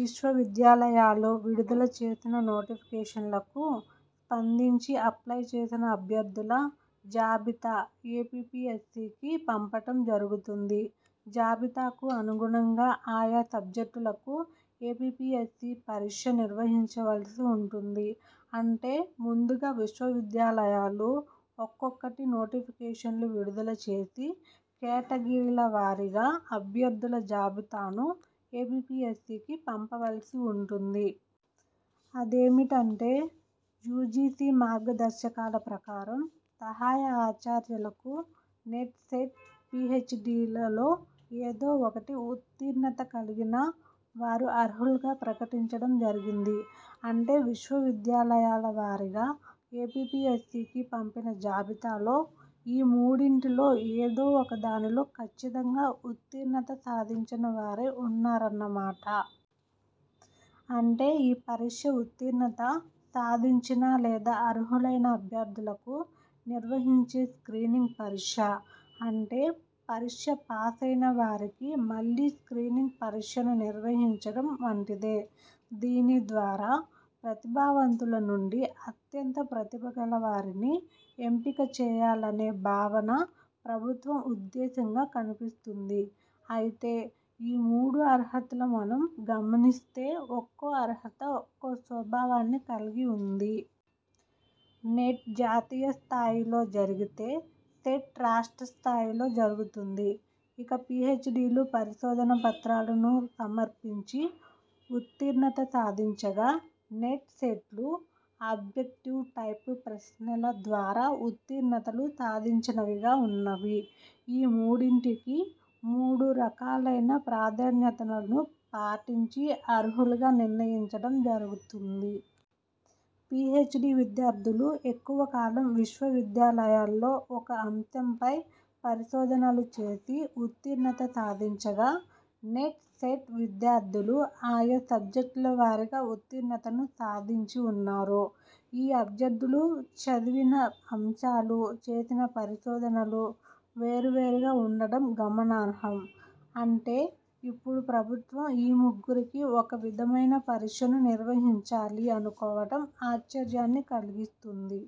విశ్వవిద్యాలయాలు విడుదల చేసిన నోటిఫికేషన్లకు స్పందించి అప్లై చేసిన అభ్యర్థుల జాబితా ఏపీపీఎస్సీకి పంపటం జరుగుతుంది. జాబితాకు అనుగుణంగా ఆయా సబ్జెక్టులకు ఏపీపీఎస్సీ పరీక్ష నిర్వహించవలసి ఉంటుంది. అంటే ముందుగా విశ్వవిద్యాలయాలు ఒక్కొక్కటి నోటిఫికేషన్లు విడుదల చేసి, కేటగిరీల వారీగా అభ్యర్థుల జాబితాను ఏపీపీఎస్సీకి పంపవలసి ఉంటుంది. అదేమిటంటే యూజీసీ మార్గదర్శకాల ప్రకారం సహాయ ఆచార్యులకు నెట్/ సెట్/ పీహెచ్డీలలో ఏదో ఒకటి ఉత్తీర్ణత కలిగిన వారు అర్హులుగా ప్రకటించడం జరిగింది. అంటే విశ్వవిద్యాలయాల వారీగా ఏపీపీఎస్సీకి పంపిన జాబితాలో ఈ మూడింటిలో ఏదో ఒక దానిలో ఖచ్ఛితంగా ఉత్తీర్ణత సాధించినవారే ఉన్నారన్న మాట. అంటే ఈ పరీక్ష ఉత్తీర్ణత సాధించిన లేదా అర్హులైన అభ్యర్థులకు నిర్హహించే స్క్రీనింగ్ పరీక్ష. అంటే పరీక్ష పాసైన వారికి మళ్ళీ స్క్రీనింగ్ పరీక్షను నిర్వహిండం వంటిదే. దీనిద్వారా ప్రతిభావంతుల నుండి అత్యంత ప్రతిభగల వారిని ఎంపిక చేయాలనే భావన ప్రభుత్వ ఉద్దేశంగా కనిపిస్తుంది. అయితే ఈ మూడు అర్హతల మనం గమనిస్తే ఒక్కో అర్హత ఒక్కో స్వభావాన్ని కలిగి ఉంది. నెట్ జాతీయ స్థాయిలో జరిగితే, సెట్ రాష్ట్ర స్థాయిలో జరుగుతుంది. ఇక పీహెచ్డీలు పరిశోధన పత్రాలను సమర్పించి ఉత్తీర్ణత సాధించగా, నెట్, సెట్లు అబ్జెటివ్ టైపు ప్రశ్నల ద్వారా ఉత్తీర్ణతలు సాధించినవిగా ఉన్నవి. ఈ మూడింటికి మూడు రకాలైన ప్రాధాన్యతలను పాటించి అర్హులుగా నిర్ణయించడం జరుగుతుంది. పీహెచ్డీ విద్యార్థులు ఎక్కువ కాలం విశ్వవిద్యాలయాలలో ఒక అంశంపై పరిశోధనలు చేసి ఉత్తీర్ణత సాధించగా నెట్, సెట్ విద్యార్థులు ఆయా సబ్జెక్ట్ల వారీగా ఉత్తీర్ణతను సాధించి వున్నారు. ఈ అభ్యర్థులు చదివిన అంశాలు, చేసిన పరిశోధనలు వేరు వేరుగా ఉండటం గమనార్హం. అంటే ఇప్పుడు ప్రభుత్వం ఈ ముగ్గురికి ఒక విధమైన పరీక్షను నిర్వహించాలి అనుకోవటం ఆశ్చర్యాన్ని కల్గిస్తుంది.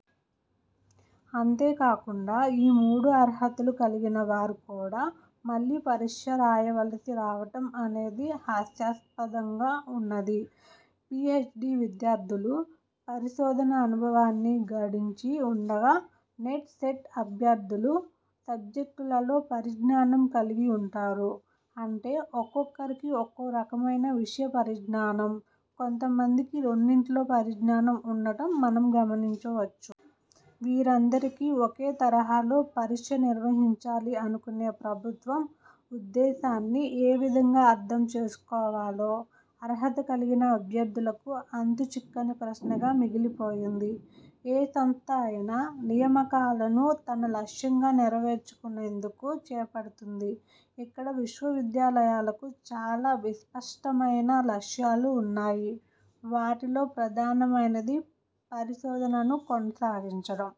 అంతేకాకుండా ఈ మూడు అర్హతలు కలిగిన వారు కూడా మళ్ళీ పరీక్ష రాయవలసి రావటం అనేది హాస్యాస్పదంగా ఉన్నది. పీహెచ్డీ విద్యార్థులు పరిశోధన అనుభవాన్ని గడించి ఉండగా, నెట్, సెట్ అభ్యర్థులు సబ్జెక్టులలో పరిజ్ఞానం కలిగి ఉంటారు. అంటే ఒక్కొక్కరికి ఒక్కోరకమైన విషయ పరిజ్ఞానం, కొంత మందికి రెండింటిలో పరిజ్ఞానం ఉండడం మనం గమనించవచ్చు. వీరందరికి ఒకే తరహాలో పరీక్ష నిర్వహించాలి అనుకునే ప్రభుత్వం ఉద్దేశాన్ని ఏవిధంగా అర్థం చేసుకోవాలో అర్హత కలిగిన అభ్యర్థులకు అంతుచిక్కని ప్రశ్నగా మిగిలిపోయింది. ఏ తంస్థ అయినా నియమకాలను తన లక్ష్యంగా నెరవేర్చుకొనేందుకు చేపడుతుంది. ఇక్కడ విశ్వవిద్యాలయాలకు చాలా విస్పష్టమైన లక్ష్యాలు ఉన్నాయి. వాటిలో ప్రధానమైనది పరిశోధనను కొనసాగించటం.